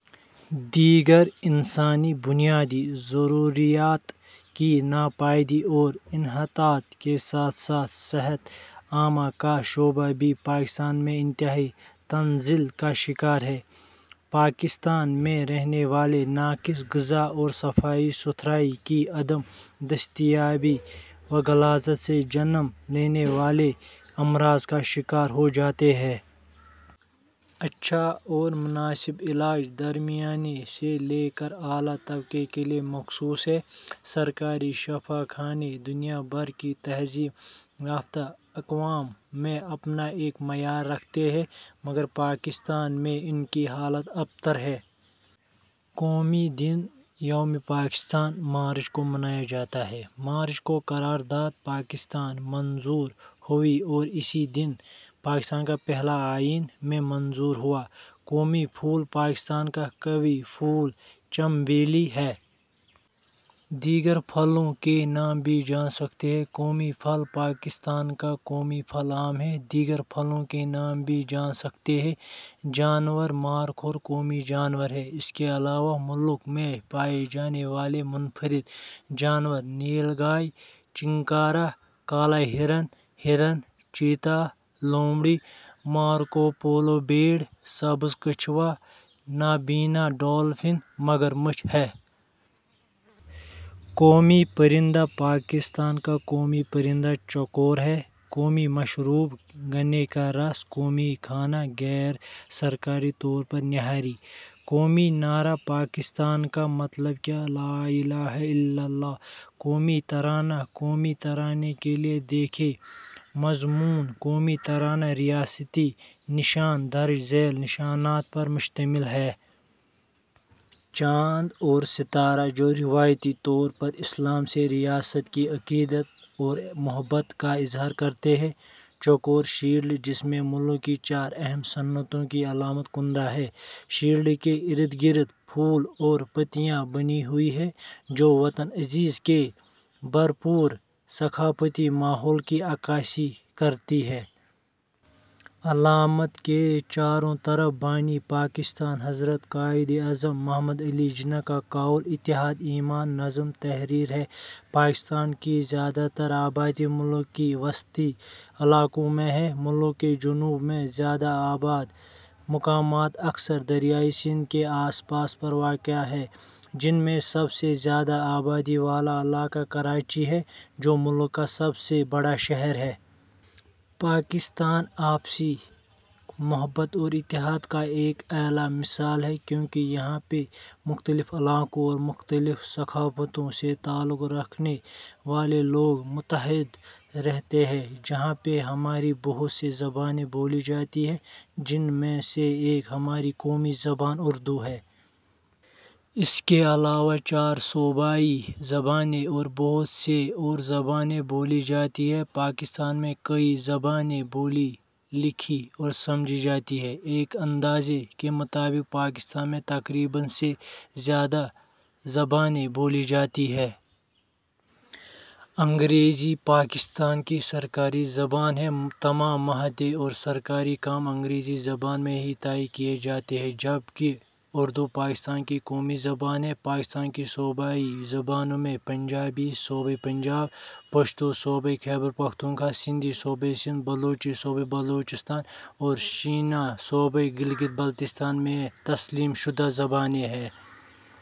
دیگر انسانی بنیادی ضروریات کی ناپیدی اور انحطاط کے ساتھ ساتھ صحت عامہ کا شعبہ بھی پاکستان میں انتہائی تنزل کا شکار ہے۔ پاکستان میں رہنے والے ناقص غذا اور صفائی ستھرائی کی عدم دستیابی و غلاظت سے جنم لینے والے امراض کا شکار ہو جاتے ہیں۔ اچھا اور مناسب علاج درمیانے سے لے کر اعلیٰ طبقے کے ليے مخصوص ہے۔ سرکاری شفاخانے دنیا بھر کی تہذیب یافتہ اقوام میں اپنا ایک معیار رکھتے ہیں مگر پاکستان میں ان کی حالت ابتر ہے۔ قومی دن – یوم پاکستان ، مارچ کو منایا جاتا ہے۔ مارچ کو قرار داد پاکستان منظور ہوئی اور اسی دن پاکستان کا پہلا آئین ء میں منظور ہوا۔ قومی پھول پاکستان کا قوی پھول چنبیلی ہے۔ دیگر پھولوں کے نام بھی جان سکتے ہیں۔ قومی پھل پاکستان کا قومی پھل آم ہے۔ دیگر پھلوں کے نام بھی جان سکتے ہیں۔ جانور – مارخور قومی جانور ہے۔ اس کے علاوہ ملک میں پائے جانے والے منفرد جانور نیل گائے ، چنکارہ ، کالا ہرن ، ہرن ، چیتا ، لومڑی ، مارکوپولو بھیڑ ، سبز کچھوا ، نابینا ڈولفن ، مگرمچھ ہیں۔ قومی پرندہ پاکستان کا قومی پرندہ چکور ہے۔ قومی مشروب – گنے کا رس قومی کھانا غیر سرکاری طور پر نہاری ۔ قومی نعرہ پاکستان کا مطلب کیا؟ لَآ اِلٰہَ اِلَّا اللہُ قومی ترانہ قومی ترانے کے لیے دیکھیں مضمون قومی ترانہ ریاستی نشان درج ذیل نشانات پر مشتمل ہے۔ چاند اور ستارہ جو روایتی طور پر اسلام سے ریاست کی عقیدت اور محبت کا اظہار کرتے ہیں۔ چوکور شیلڈ جس میں ملک کی چار اہم صنعتوں کی علامت کندہ ہے۔ شیلڈ کے اردگرد پھول اور پتیاں بنی ہوئی ہیں جو وطن عزیز کے بھر پور ثقافتی ماحول کی عکاسی کرتی ہیں۔ علامت کے چاروں طرف بانی پاکستان حضرت قائد اعظم محمد علی جناح کا قول۔۔۔ اتحاد، ایمان، نظم تحریر ہے۔ پاکستان کی زیادہ تر آبادی ملک کی وسطی علاقوں میں ہے، ملک کے جنوب میں زیادہ آباد مقامات اکثر دریائے سندھ کے آس پاس پر واقع ہے جن میں سب سے زیادہ آبادی والا علاقہ کراچی ہے جو ملک کا سب سے بڑا شہر ہے۔ پاکستان آپسی محبت اور اتحاد کا ایک اعلیٰ مثال ہے کیونکہ یہاں پہ مختلف علاقوں اور مختلف ثقافتوں سے تعلق رکھنے والے لوگ متحد رہتے ہیں۔ جہاں پہ ہماری بہت سے زبانیں بولی جاتی ہیں جن میں سے ایک ہماری قومی زبان اردو ہے۔ اس کے علاوہ چار صوبائی زبانیں اور بہت سے اور زبانیں بولی جاتی ہیں۔ پاکستان میں کئیی زبانیں بولی، لکھی اور سمجھی جاتی ہیں۔ ایک اندازے کے مطابق پاکستان میں تقریباً سے زیادہ زبانیں بولی جاتی ہیں۔ انگریزی پاکستان کی سرکاری زبان ہے، تمام معاہدے اور سرکاری کام انگریزی زبان میں ہی طے کیے جاتے ہیں، جبکہ اردو پاکستان کی قومی زبان ہے۔ پاکستان کی صوبائی زبانوں میں پنجابی صوبہ پنجاب ، پشتو صوبہ خیبر پختونخوا ، سندھی صوبہ سندھ ، بلوچی صوبہ بلوچستان اور شینا صوبہ گلگت بلتستان میں تسلیم شدہ زبانیں ہیں۔